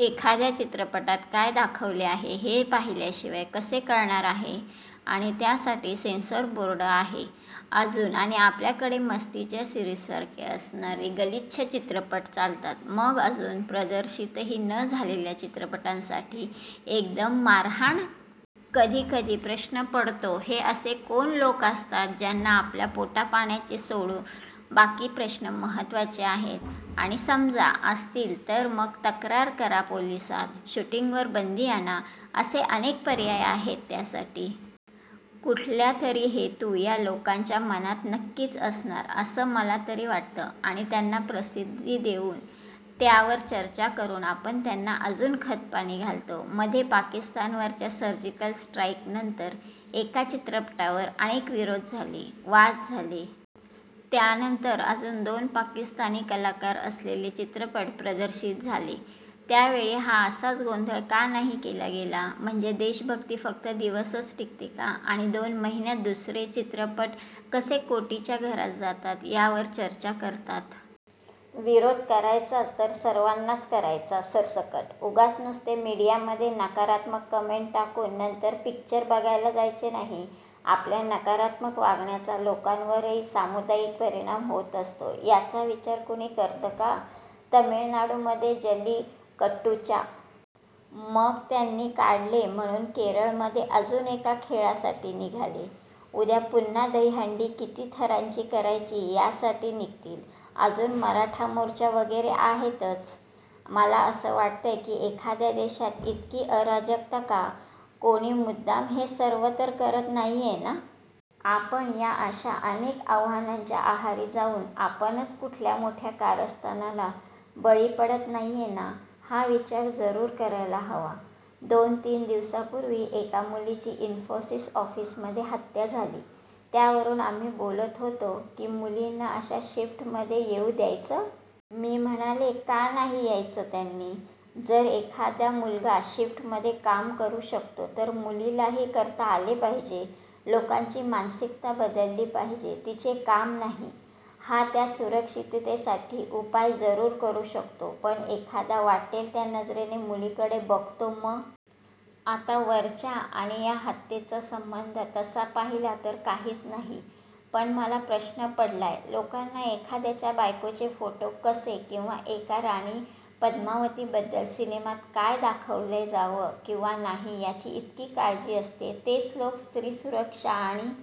एखाद्या चित्रपटात काय दाखवले आहे हे पाहिल्याशिवाय कसे कळणार आहे? आणि त्यासाठी सेन्सॉर बोर्ड आहे अजून. आणि आपल्याकडे मस्ती च्या सिरीजसारखे असणारे गलिच्छ चित्रपट चालतात, मग अजून प्रदर्शितही न झालेल्या चित्रपटासाठी एकदम मारहाण? कधी कधी प्रश्न पडतो हे असे कोण लोक असतात ज्यांना आपल्या पोटापाण्याचे सोडून बाकी प्रश्न महत्वाचे आहेत? आणि समजा असतील तर मग तक्रार करा पोलिसात, शूटिंग वर बंदी आणा, असे अनेक पर्याय आहेत त्यासाठी. कुठला तरी हेतू या लोकांच्या मनात नक्कीच असणार असं मला तरी वाटतं आणि त्यांना प्रसिद्धी देऊन, त्यावर चर्चा करून आपण त्यांना अजून खतपाणी घालतो. मध्ये पाकिस्तानवरच्या सर्जिकल स्ट्राईक नंतर, एका चित्रपटावर अनेक विरोध झाले, वाद झाले. त्यानंतर अजून दोन पाकिस्तानी कलाकार असलेले चित्रपट प्रदर्शित झाले. त्यावेळी हा असाच गोंधळ का नाही केला गेला? म्हणजे देशभक्ती फक्त दिवसच टिकते का? आणि दोन महिन्यात, दुसरे चित्रपट कसे कोटीच्या घरात जातात यावर चर्चा करतात. विरोध करायचाच तर सर्वांनाच करायचा, सरसकट. उगाच नुसते मीडियामध्ये नकारात्मक कमेंट टाकून नंतर पिक्चर बघायला जायचे नाही. आपल्या नकारात्मक वागण्याचा लोकांवरही सामुदायिक परिणाम होत असतो याचा विचार कुणी करतं का? तामिळनाडू मध्ये जल्लीकटूच्या समर्थनासाठी इतके मोर्चे निघाले. मग त्यांनी काढले म्हणून केरळमध्ये अजून एका खेळासाठी निघाले. उद्या पुन्हा दहीहंडी किती थरांची करायची यासाठी निघतील. अजून मराठा मोर्चा वगैरे आहेच. मला असं वाटतंय की एखाद्या देशात इतकी अराजकता का? कोणी मुद्दाम हे सर्व तर करत नाहीये ना? आपण या अशा अनेक आवाहनांच्या आहारी जाऊन आपणच कुठल्या मोठ्या कारस्थानाला बळी पडत नाहीये ना हा विचार जरूर करायला हवा. दोन तीन दिवसांपूर्वी एका मुलीची इन्फोसिस ऑफिस मध्ये हत्या झाली. त्यावरून आम्ही बोलत होतो की मुलींना अशा शिफ्ट मध्ये येऊ द्यायचं की नाही? मी म्हणले का नाही यायचं त्यांनी? जर एखादा मुलगा शिफ्ट मध्ये काम करू शकतो तर मुलीलाही करता आले पाहिजे. लोकांची मानसिकता बदलली पाहिजे, तिचे काम नाही? हा, त्या सुरक्षिततेसाठी उपाय जरूर करू शकतो, पण एखादा वाटेल त्या नजरेने मुलीकडे बघतो म्हणून त्याला शिक्षा न देता मुलींचे काम बंद करणे हा उपाय नक्कीच नाही. आता वरच्या आणि या हत्येचा संबंध तसा पाहिला तर काहीच नाही. पण मला प्रश्न पडलाय, लोकांना एखाद्याच्या बायकोचे फोटो कसे किंवा एका राणी पद्मावती बद्दल सिनेमात काय दाखवलं जावं किंवा नाही याची इतकी काळजी असते, तेच लोक स्त्री सुरक्षा आणि